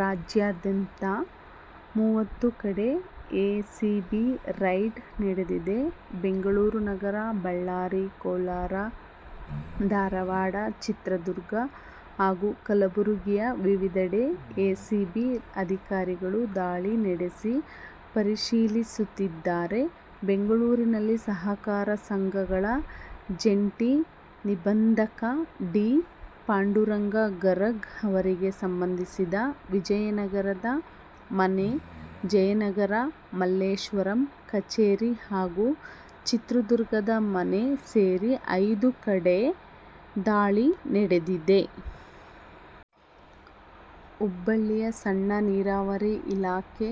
ರಾಜ್ಯಾದ್ಯಂತ ಮೂವತ್ತು ಕಡೆ ಎಸಿಬಿ ರೇಡ್ ನಡೆದಿದೆ. ಬೆಂಗಳೂರು ನಗರ, ಬಳ್ಳಾರಿ, ಕೋಲಾರ, ಧಾರವಾಡ, ಚಿತ್ರದುರ್ಗ ಹಾಗೂ ಕಲಬುರಗಿಯ ವಿವಿಧೆಡೆ ಎಸಿಬಿ ಅಧಿಕಾರಿಗಳು ದಾಳಿ ನಡೆಸಿ ಪರಿಶೀಲಿಸುತ್ತಿದ್ದಾರೆ. ಬೆಂಗಳೂರಿನಲ್ಲಿ ಸಹಕಾರ ಸಂಘಗಳ ಜಂಟಿ ನಿಂಬಂಧಕ ಡಿ. ಪಾಂಡುರಂಗ ಗರಗ್ ಅವರಿಗೆ ಸಂಬಂಧಿಸಿದ ವಿಜಯನಗರದ ಮನೆ, ಜಯನಗರ, ಮಲ್ಲೇಶ್ವರಂ ಕಚೇರಿ ಹಾಗೂ ಚಿತ್ರದುರ್ಗದ ಮನೆ ಸೇರಿ ಐದು ಕಡೆ ದಾಳಿ ನಡೆದಿದೆ. ಹುಬ್ಬಳ್ಳಿಯ ಸಣ್ಣ ನೀರಾವರಿ ಇಲಾಖೆ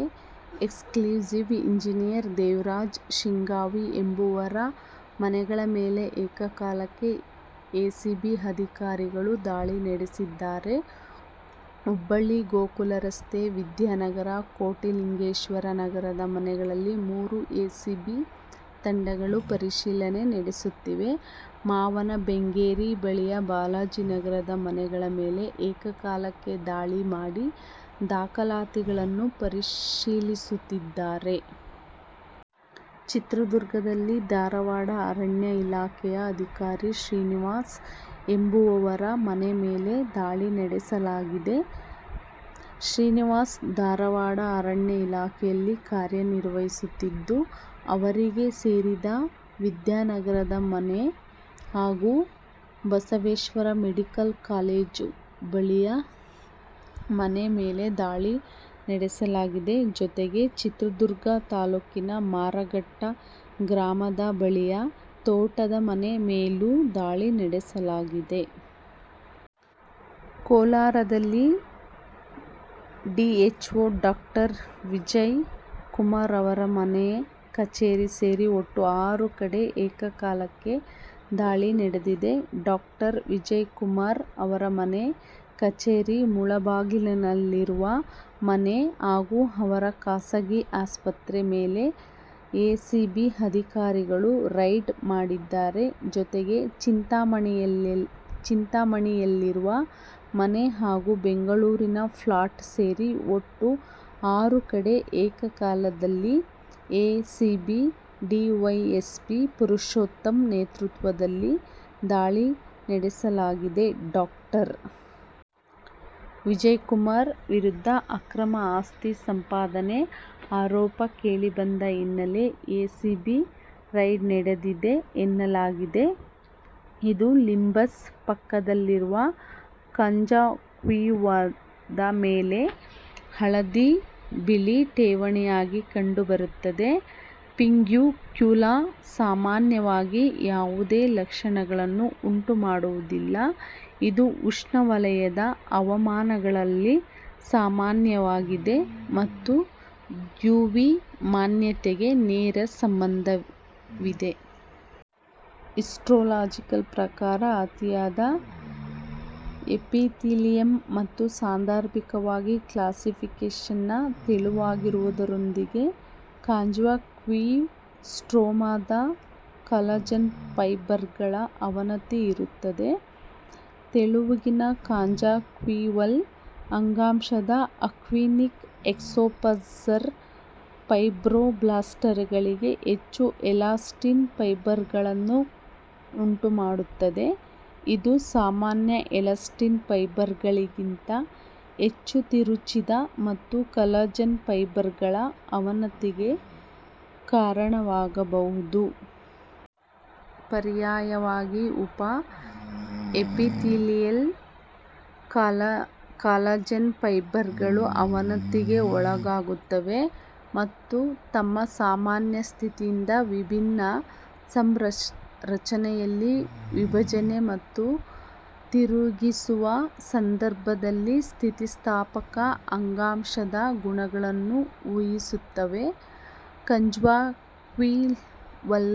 ಎಕ್ಸಿಕ್ಯೂಟಿವ್ ಇಂಜಿನಿಯರ್ ದೇವರಾಜ್ ಶಿಗ್ಗಾಂವಿ ಎಂಬವರ ಮನೆಗಳ ಮೇಲೆ ಏಕಕಾಲಕ್ಕೆ ಎಸಿಬಿ ಅಧಿಕಾರಿಗಳು ದಾಳಿ ನಡೆಸಿದ್ದಾರೆ. ಹುಬ್ಬಳ್ಳಿ ಗೋಕುಲ ರಸ್ತೆ, ವಿದ್ಯಾನಗರ, ಕೋಟಿಲಿಂಗೆಶ್ವರ ನಗರದ ಮನೆಗಳಲ್ಲಿ ಮೂರು ಎಸಿಬಿ ತಂಡಗಳು ಪರಿಶೀಲನೆ ನಡೆಸುತ್ತಿವೆ. ಮಾವನ ಬೆಂಗೇರಿ ಬಳಿಯ ಬಾಲಾಜಿ ನಗರದ ಮನೆಗಳ ಮೇಲೆ ಏಕಕಾಲಕ್ಕೆ ದಾಳಿ ಮಾಡಿ, ದಾಖಲಾತಿಗಳನ್ನು ಪರಿಶೀಲಿಸುತ್ತಿದ್ದಾರೆ. ಚಿತ್ರದುರ್ಗದಲ್ಲಿ ಧಾರವಾಡ ಅರಣ್ಯ ಇಲಾಖೆಯ ಅಧಿಕಾರಿ ಶ್ರೀನಿವಾಸ್ ಎಂಬುವವರ ಮನೆ ಮೇಲೆ ದಾಳಿ ನಡೆಸಲಾಗಿದೆ. ಶ್ರೀನಿವಾಸ್ ಧಾರವಾಡ ಅರಣ್ಯ ಇಲಾಖೆಯಲ್ಲಿ ಕಾರ್ಯ ನಿರ್ವಹಿಸುತ್ತಿದ್ದು, ಅವರಿಗೆ ಸೇರಿದ ವಿದ್ಯಾನಗರದ ಮನೆ ಹಾಗೂ ಬಸವೇಶ್ವರ ಮೆಡಿಕಲ್ ಕಾಲೇಜು ಬಳಿಯ ಮನೆ ಮೇಲೆ ದಾಳಿ ನಡೆಸಲಾಗಿದೆ. ಜೊತೆಗೆ ಚಿತ್ರದುರ್ಗ ತಾಲೂಕಿನ ಮಾರಘಟ್ಟ ಗ್ರಾಮದ ಬಳಿಯ ತೋಟದ ಮನೆ ಮೇಲೂ ದಾಳಿ ನಡೆಸಲಾಗಿದೆ. ಕೋಲಾರದಲ್ಲಿ ಡಿಹೆಚ್ಓ ಡಾಕ್ಟರ್. ವಿಜಯ್ ಕುಮಾರ್ ಅವರ ಮನೆ ಕಚೇರಿ ಸೇರಿ ಒಟ್ಟು ಆರು ಕಡೆ ಏಕಕಾಲಕ್ಕೆ ದಾಳಿ ನಡೆದಿದೆ. ಡಾಕ್ಟರ್. ವಿಜಯ್ ಕುಮಾರ್ ಅವರ ಮನೆ, ಕಚೇರಿ, ಮುಳಬಾಗಿಲಿನಲ್ಲಿರುವ ಮನೆ ಹಾಗೂ ಅವರ ಖಾಸಗಿ ಆಸ್ಪತ್ರೆ ಮೇಲೆ ಎಸಿಬಿ ಅಧಿಕಾರಿಗಳು ರೇಡ್ ಮಾಡಿದ್ದಾರೆ. ಜೊತೆಗೆ ಚಿಂತಾಮಣಿಯಲ್ಲಿರುವ ಮನೆ ಹಾಗೂ ಬೆಂಗಳೂರಿನ ಫ್ಲಾಟ್ ಸೇರಿ ಒಟ್ಟು ಆರು ಕಡೆ ಏಕಕಾಲದಲ್ಲಿ ಎಸಿಬಿ ಡಿವೈಎಸ್ಪಿ ಪುರುಷೋತ್ತಮ್ ನೇತೃತ್ವದಲ್ಲಿ ದಾಳಿ ನಡೆಸಲಾಗಿದೆ. ಡಾಕ್ಟರ್ ವಿಜಯ್ ಕುಮಾರ್ ವಿರುದ್ಧ ಅಕ್ರಮ ಆಸ್ತಿ ಸಂಪಾದನೆ ಆರೋಪ ಕೇಳಿಬಂದ ಹಿನ್ನೆಲೆ ಎಸಿಬಿ ರೇಡ್ ನಡೆದಿದೆ ಎನ್ನಲಾಗಿದೆ. ಇದು ಲಿಂಬಸ್ ಪಕ್ಕದಲ್ಲಿರುವ ಕಾಂಜಂಕ್ಟಿವದ ಮೇಲೆ ಹಳದಿ-ಬಿಳಿ ಠೇವಣಿಯಾಗಿ ಕಂಡುಬರುತ್ತದೆ.. ಪಿಂಗ್ಯುಕ್ಯುಲಾ ಸಾಮಾನ್ಯವಾಗಿ ಯಾವುದೇ ಲಕ್ಷಣಗಳನ್ನು ಉಂಟುಮಾಡುವುದಿಲ್ಲ. ಇದು ಉಷ್ಣವಲಯದ ಹವಾಮಾನಗಳಲ್ಲಿ ಸಾಮಾನ್ಯವಾಗಿದೆ ಮತ್ತು ಯುವಿ ಮಾನ್ಯತೆಗೆ ನೇರ ಸಂಬಂಧವಿದೆ. ಹಿಸ್ಟೊಲಾಜಿಕಲ್ ಪ್ರಕಾರ, ಅತಿಯಾದ ಎಪಿಥೇಲಿಯಮ್ ಮತ್ತು ಸಾಂದರ್ಭಿಕವಾಗಿ ಕ್ಲಾಸಿಫಿಕೇಷನ್ ನ ತೆಳುವಾಗುವುದರೊಂದಿಗೆ ಕಾಂಜಂಕ್ಟಿವ್ ಸ್ಟ್ರೋಮಾದ ಕಾಲಜನ್ ಫೈಬರ್ಗಳ ಅವನತಿ ಇರುತ್ತದೆ. ತೆಳ್ಳಗಿನ ಕಂಜಂಕ್ಟಿವಲ್ ಅಂಗಾಂಶದ ಅಕ್ಟೀನಿಕ್ ಎಕ್ಸ್ಪೋಸರ್ ಫೈಬ್ರೋಬ್ಲಾಸ್ಟ್ಗಳಿಗೆ ಹೆಚ್ಚು ಎಲಾಸ್ಟಿನ್ ಫೈಬರ್ಗಳನ್ನು ಉಂಟುಮಾಡುತ್ತದೆ, ಇದು ಸಾಮಾನ್ಯ ಎಲಾಸ್ಟಿನ್ ಫೈಬರ್ಗಳಿಗಿಂತ ಹೆಚ್ಚು ತಿರುಚಿದ ಮತ್ತು ಕಾಲಜನ್ ಫೈಬರ್ಗಳ ಅವನತಿಗೆ ಕಾರಣವಾಗಬಹುದು. ಪರ್ಯಾಯವಾಗಿ, ಉಪ-ಎಪಿಥೆಲಿಯಲ್ ಕಾಲಜನ್ ಫೈಬರ್ಗಳು ಅವನತಿಗೆ ಒಳಗಾಗುತ್ತವೆ ಮತ್ತು ತಮ್ಮ ಸಾಮಾನ್ಯ ಸ್ಥಿತಿಯಿಂದ ವಿಭಿನ್ನ ಸಂರಚನೆಯಲ್ಲಿ ವಿಭಜನೆ ಮತ್ತು ತಿರುಗಿಸುವ ಸಂದರ್ಭದಲ್ಲಿ ಸ್ಥಿತಿಸ್ಥಾಪಕ ಅಂಗಾಂಶದ ಗುಣಗಳನ್ನು ಊಹಿಸುತ್ತವೆ. ಕಂಜಂಕ್ಟಿವಲ್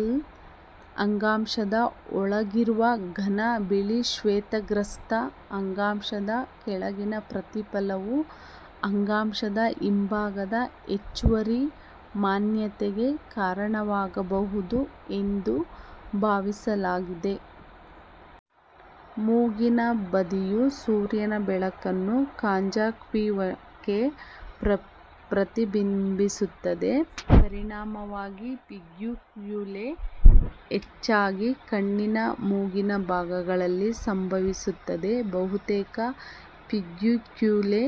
ಅಂಗಾಂಶದ ಒಳಗಿರುವ ಘನ ಬಿಳಿ ಶ್ವೇತಗ್ರಸ್ತ ಅಂಗಾಂಶದ ಹೆಚ್ಚಿನ ಪ್ರತಿಫಲನವು ಅಂಗಾಂಶದ ಹಿಂಭಾಗದ ಹೆಚ್ಚುವರಿ ಮಾನ್ಯತೆಗೆ ಕಾರಣವಾಗಬಹುದು ಎಂದು ಭಾವಿಸಲಾಗಿದೆ. ಮೂಗಿನ ಬದಿಯು ಸೂರ್ಯನ ಬೆಳಕನ್ನು ಕಾಂಜಂಕ್ಟಿವಕ್ಕೆ ಪ್ರತಿಬಿಂಬಿಸುತ್ತದೆ. ಪರಿಣಾಮವಾಗಿ, ಪಿಂಗ್ಯುಕ್ಯುಲೇ ಹೆಚ್ಚಾಗಿ ಕಣ್ಣಿನ ಮೂಗಿನ ಭಾಗದಲ್ಲಿ ಸಂಭವಿಸುತ್ತದೆ. ಬಹುತೇಕ ಪಿಂಗ್ಯುಕ್ಯುಲೇ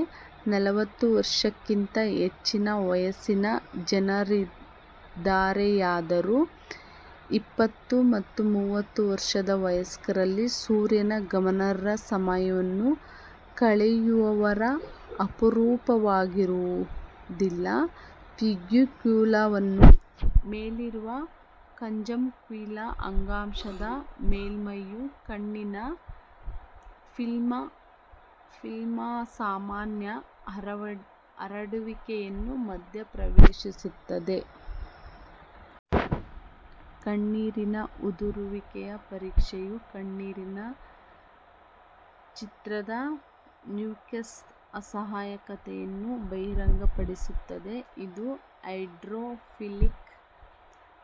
ನಲವತ್ತು ವರ್ಷಕ್ಕಿಂತ ಹೆಚ್ಚಿನ ವಯಸ್ಸಿನ ಜನರಿದ್ದಾರೆಯಾದರೂ, ಇಪ್ಪತ್ತು ಮತ್ತು ಮೂವತ್ತು ವರ್ಷದ ವಯಸ್ಕರಲ್ಲಿ ಸೂರ್ಯನಲ್ಲಿ ಗಮನಾರ್ಹ ಸಮಯವನ್ನು ಕಳೆಯುವವರು ಅಪರೂಪವಾಗಿರುವುದಿಲ್ಲ. ಪಿಂಗ್ಯುಕ್ಯುಲಾವನ್ನು ಮೇಲಿರುವ ಕಾಂಜಂಕ್ಟಿವಲ್ ಅಂಗಾಂಶದ ಮೇಲ್ಮೈಯು ಕಣ್ಣೀರಿನ ಫಿಲ್ಮ್ನ ಸಾಮಾನ್ಯ ಹರಡುವಿಕೆಯನ್ನು ಮಧ್ಯಪ್ರವೇಶಿಸುತ್ತದೆ. ಕಣ್ಣೀರಿನ ಉರಿಯುವಿಕೆಯ ಪರೀಕ್ಷೆಯು ಕಣ್ಣೀರಿನ ಚಿತ್ರದ ಮ್ಯೂಕಸ್ನ ಅಸಹಜತೆಯನ್ನು ಬಹಿರಂಗಪಡಿಸುತ್ತದೆ, ಇದು ಹೈಡ್ರೋಫಿಲಿಕ್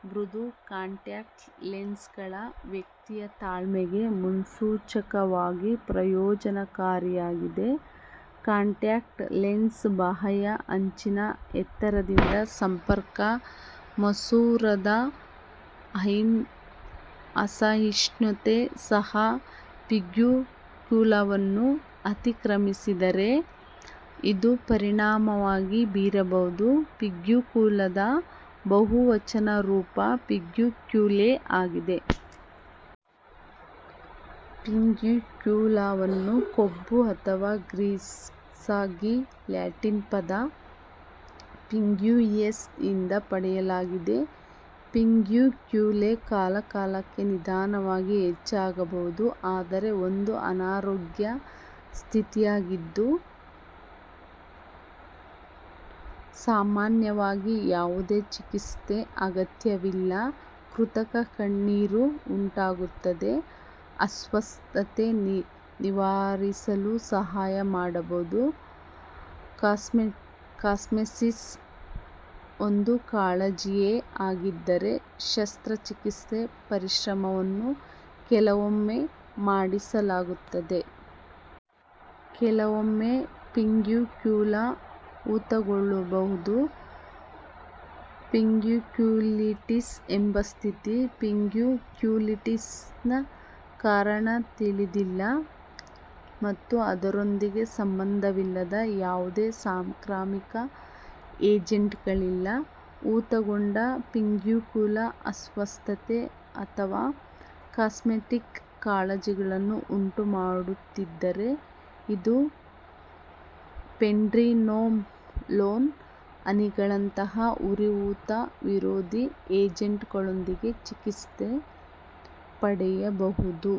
ಮೃದು ಕಾಂಟ್ಯಾಕ್ಟ್ ಲೆನ್ಸ್ಗಳ ವ್ಯಕ್ತಿಯ ತಾಳ್ಮೆಗೆ ಮುನ್ಸೂಚಕವಾಗಿ ಪ್ರಯೋಜನಕಾರಿಯಾಗಿದೆ. ಕಾಂಟ್ಯಾಕ್ಟ್ ಲೆನ್ಸ್ನ ಬಾಹ್ಯ ಅಂಚಿನ ಎತ್ತರದಿಂದ ಸಂಪರ್ಕ ಮಸೂರದ ಅಸಹಿಷ್ಣುತೆ ಸಹ ಪಿಂಗ್ಯುಕುಲಾವನ್ನು ಅತಿಕ್ರಮಿಸಿದರೆ ಅದು ಪರಿಣಾಮ ಬೀರಬಹುದು. ಪಿಂಗ್ಯುಕುಲಾದ ಬಹುವಚನ ರೂಪ ಪಿಂಗ್ಯುಕ್ಯುಲೇ ಆಗಿದೆ. ಪಿಂಗ್ಯುಕುಲಾವನ್ನು ಕೊಬ್ಬು ಅಥವಾ ಗ್ರೀಸ್ಗಾಗಿ ಲ್ಯಾಟಿನ್ ಪದ "ಪಿಂಗ್ಯುಯಿಸ್" ನಿಂದ ಪಡೆಯಲಾಗಿದೆ. ಪಿಂಗ್ಯುಕ್ಯುಲೇ ಕಾಲಕಾಲಕ್ಕೆ ನಿಧಾನವಾಗಿ ಹೆಚ್ಚಾಗಬಹುದು, ಆದರೆ ಒಂದು ಅನಾರೋಗ್ಯ ಸ್ಥಿತಿಯಾಗಿದ್ದು, ಸಾಮಾನ್ಯವಾಗಿ ಯಾವುದೇ ಚಿಕಿತ್ಸೆ ಅಗತ್ಯವಿಲ್ಲ. ಕೃತಕ ಕಣ್ಣೀರು ಉಂಟಾಗುತ್ತದೆ, ಅಸ್ವಸ್ಥತೆ ನಿವಾರಿಸಲು ಸಹಾಯ ಮಾಡಬಹುದು. ಕಾಸ್ಮೆಸಿಸ್ ಒಂದು ಕಾಳಜಿಯೇ ಆಗಿದ್ದರೆ, ಶಸ್ತ್ರಚಿಕಿತ್ಸಾ ಪರಿಶ್ರಮವನ್ನು ಕೆಲವೊಮ್ಮೆ ಮಾಡಲಾಗುತ್ತದೆ. ಕೆಲವೊಮ್ಮೆ, ಪಿಂಗ್ಯುಕ್ಯುಲಾ ಊತಗೊಳ್ಳಬಹುದು, ಪಿಂಗ್ಯುಕ್ಯುಲಿಟಿಸ್ ಎಂಬ ಸ್ಥಿತಿ. ಪಿಂಗ್ಯುಕ್ಯುಲಿಟಿಸ್ನ ಕಾರಣ ತಿಳಿದಿಲ್ಲ ಮತ್ತು ಅದರೊಂದಿಗೆ ಸಂಬಂಧವಿಲ್ಲದ ಯಾವುದೇ ಸಾಂಕ್ರಾಮಿಕ ಏಜೆಂಟ್ಗಳಿಲ್ಲ. ಊತಗೊಂಡ ಪಿಂಗ್ಯುಕುಲಾ ಅಸ್ವಸ್ಥತೆ ಅಥವಾ ಕಾಸ್ಮೆಟಿಕ್ ಕಾಳಜಿಗಳನ್ನು ಉಂಟುಮಾಡುತ್ತಿದ್ದರೆ, ಇದು ಪ್ರೆಡಿನೊಲೋನ್ ಹನಿಗಳಂತಹ ಉರಿಯೂತ-ವಿರೋಧಿ ಏಜೆಂಟ್ಗಳೊಂದಿಗೆ ಚಿಕಿತ್ಸೆ ನೀಡಬಹುದು.